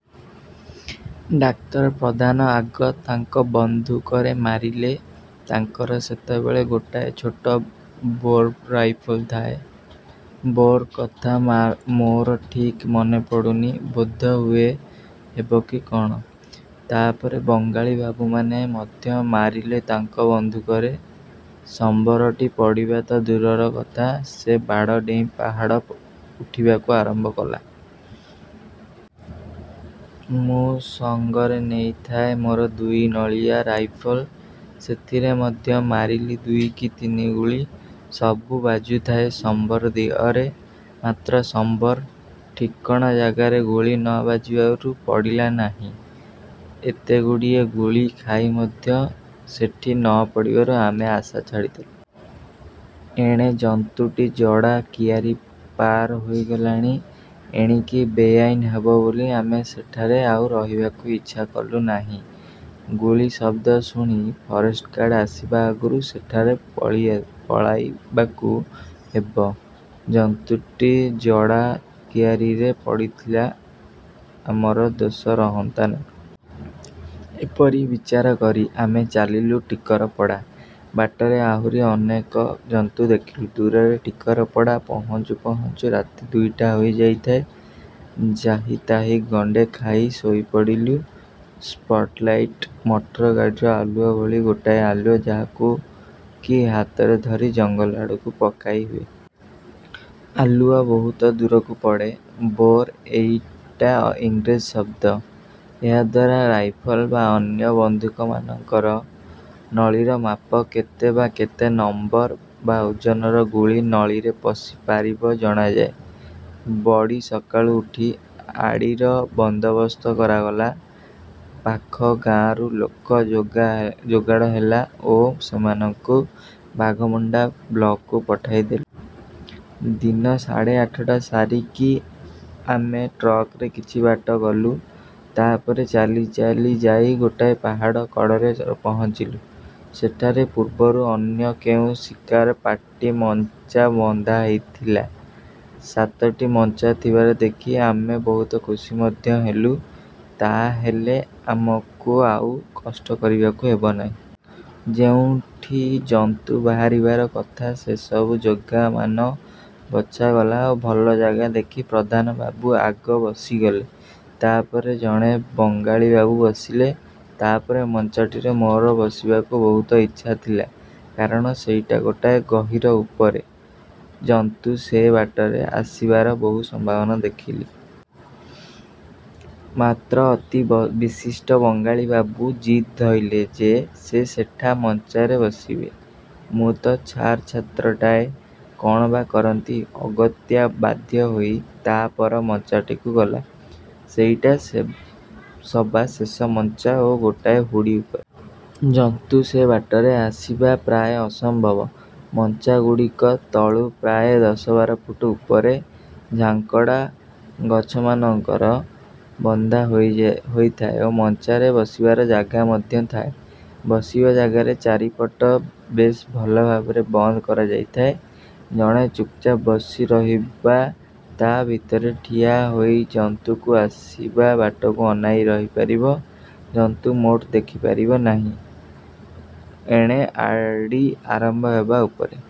ଡାକ୍ତର ପ୍ରଧାନ ଆଗ ତାଙ୍କ ବନ୍ଧୁକରେ ମାରିଲେ। ତାଙ୍କର ସେତେବେଳେ ଗୋଟାଏ ଛୋଟ ବୋର୍ର ରାଇଫଲ୍ ଥାଏ। 'ବୋର୍' କଥା ମୋର ଠିକ୍ ମନେପଡ଼ୁନି-ବୋଧହୁଏ. ହେବ କି କ'ଣ! ତା'ପରେ ବଙ୍ଗାଳି ବାବୁମାନେ ମଧ୍ୟ ମାରିଲେ ତାଙ୍କ ବନ୍ଧୁକରେ। ସମ୍ୱରଟି ପଡ଼ିବା ତ ଦୂରର କଥା-ସେ ବାଡ଼ ଡେଇଁ ପାହାଡ଼ ଉଠିବାକୁ ଆରମ୍ଭ କଲା। ମୁଁ ସଙ୍ଗରେ ନେଇଥାଏ ବୋର୍ ଦୁଇନଳିଆ ରାଇଫଲ୍। ସେଥିରେ ମଧ୍ୟ ମାରିଲି ଦୁଇ କି ତିନି ଗୁଳି। ସବୁ ବାଜୁଥାଏ ସମ୍ୱର ଦିହରେ, ମାତ୍ର ସମ୍ୱର-ଠିକଣା ଜାଗାରେ ଗୁଳି ନ ବାଜିବାରୁ ପଡ଼ିଲା ନାହିଁ। ଏତେଗୁଡ଼ିଏ ଗୁଳି ଖାଇ ମଧ୍ୟ ସେଠି ନ ପଡ଼ିବାରୁ ଆମେ ଆଶା ଛାଡ଼ିଦେଲୁ। ଏଣେ ଜନ୍ତୁଟି ଜଡ଼ା କିଆରି ପାର ହୋଇଗଲାଣି। ଏଣିକି ବେଆଇନ୍ ହେବ ବୋଲି ଆମେ ସେଠାରେ ଆଉ ରହିବାକୁ ଇଚ୍ଛା କଲୁ ନାହିଁ। ଗୁଳି ଶବ୍ଦ ଶୁଣି ଫରେଷ୍ଟ ଗାର୍ଡ଼ ଆସିବା ଆଗରୁ ସେଠାରୁ ପଳାଇବାକୁ ହେବ। ଜନ୍ତୁଟି ଜଡ଼ା କିଆରିରେ ପଡ଼ିଥିଲେ ଆମର ଦୋଷ ରହନ୍ତା ନାହିଁ। ଏପରି ବିଚାରକରି ଆମେ ଚାଲିଲୁ ଟିକରପଡ଼ା। ବାଟରେ ଆହୁରି ଅନେକ ଜନ୍ତୁ ଦେଖିଲୁ-ଦୂରରେ। ଟିକରପଡ଼ା ପହଞ୍ଚୁ ପହଞ୍ଚୁ ରାତି ଦୁଇଟା ହୋଇଯାଇଥାଏ। ଯାହିତାହି ଗଣ୍ଡେ ଖାଇ ଶୋଇ ପଡ଼ିଲୁ। ସ୍ପଟ୍ ଲାଇଟ୍-ମଟର ଗାଡ଼ିର ଆଲୁଅ ଭଳି ଗୋଟାଏ ଆଲୁଅ ଯାହାକୁ କି ହାତରେ ଧରି ଜଙ୍ଗଲ ଆଡ଼କୁ ପକାଇହୁଏ। ଆଲୁଅ ବହୁତ ଦୂରକୁ ପଡ଼େ। ବୋର୍-ଏଇଟା ଇଂରେଜ ଶବ୍ଦ। ଏହାଦ୍ୱାରା ରାଇଫଲ ବା ଅନ୍ୟ ବନ୍ଧୁକମାନଙ୍କର ନଳିର ମାପ କେତେ ବା କେତେ ନମ୍ୱର ବା ଓଜନର ଗୁଳି ନଳିରେ ପଶିପାରିବ ଜଣାଯାଏ। ବଡ଼ି ସକାଳୁ ଉଠି ଆଡ଼ିର ବନ୍ଦୋବସ୍ତ କରାଗଲା। ପାଖ ଗାରୁ ଲୋକ ଯୋଗାଡ଼ ହେଲା ଓ ସେମାନଙ୍କୁ ବାଘମୁଣ୍ଡା ବ୍ଲକ୍କୁ ପଠାଇ ଦେଲୁ। ଦିନ ସାଢ଼େ ଆଠଟା ସରିକି ଆମେ ଟ୍ରକରେ କିଛି ବାଟ ଗଲୁ। ତା'ପରେ ଚାଲି ଚାଲି ଯାଇ ଗୋଟାଏ ପାହାଡ଼ କଡ଼ରେ ପହଞ୍ଚିଲୁ। ସେଠାରେ ପୂର୍ବରୁ ଅନ୍ୟ କେଉଁ ଶିକାର ପାର୍ଟି ମଞ୍ଚା ବନ୍ଧାଇଥିଲେ। ସାତଟି ମଞ୍ଚା ଥିବାର ଦେଖି ଆମେ ବହୁତ ଖୁସି ମଧ୍ୟ ହେଲୁ-ତା'ହେଲେ ଆମକୁ ଆଉ କଷ୍ଟ କରିବାକୁ ହେବ ନାହିଁ। ଯେଉଁଠି ଜନ୍ତୁ ବାହାରିବାର କଥା ସେସବୁ ଜାଗାମାନ ବଛାଗଲା ଓ ଭଲ ଜାଗା ଦେଖି ପ୍ରଧାନ ବାବୁ ଆଗ ବସିଗଲେ। ତା'ପରେ ଜଣେ ବଙ୍ଗାଳିବାବୁ ବସିଲେ। ତା' ପର ମଞ୍ଚାଟିରେ ମୋର ବସିବାକୁ ବହୁତ ଇଚ୍ଛା ଥିଲା, କାରଣ ସେଇଟା ଗୋଟାଏ ଗହୀର ଉପରେ। ଜନ୍ତୁ ସେ ବାଟରେ ଆସିବାର ବହୁ ସମ୍ଭାବନା ଦେଖିଲି। ମାତ୍ର ଅତି ବିଶିଷ୍ଟ ବଙ୍ଗାଳି ବାବୁ ଜିଦ୍ ଧଇଲେ ଯେ, ସେ ସେଠା ମଞ୍ଚାରେ ବସିବେ। ମୁଁ ତ ଛାର ଛାତ୍ରଟାଏ, କ'ଣ ବା କରନ୍ତି-ଅଗତ୍ୟା ବାଧ୍ୟ ହୋଇ ତା' ପର ମଞ୍ଚାଟିକୁ ଗଲି। ସେଇଟା ସବା ଶେଷ ମଞ୍ଚା ଓ ଗୋଟାଏ ହୁଡ଼ି ଉପରେ। ଜନ୍ତୁ ସେ ବାଟରେ ଆସିବା ପ୍ରାୟ ଅସମ୍ଭବ। ମଞ୍ଚାଗୁଡ଼ିକ ତଳୁ ପ୍ରାୟ ଦଶବାର ଫୁଟ ଉପରେ ଝାଙ୍କଡ଼ା ଗଛମାନଙ୍କରେ ବନ୍ଧା ଯାଇଥାଏ ଓ ମଞ୍ଚାରେ ବସିବାର ଜାଗା ମଧ୍ୟ ଥାଏ। ବସିବା ଜାଗାର ଚାରିପଟ ବେଶ ଭଲ ଭାବରେ ବନ୍ଦ କରାଯାଇଥାଏ। ଜଣେ ଚୁପ୍ଚାପ୍ ବସି ରହି ବା ତା' ଭିତରେ ଠିଆ ହୋଇ ଜନ୍ତୁଙ୍କ ଆସିବା ବାଟକୁ ଅନାଇ ରହିପାରିବ-ଜନ୍ତୁ ମୋଟେ ଦେଖି ପାରିବ ନାହିଁ। ଏଣେ ଆଡ଼ି ଆରମ୍ଭ ହେବା ଉପରେ।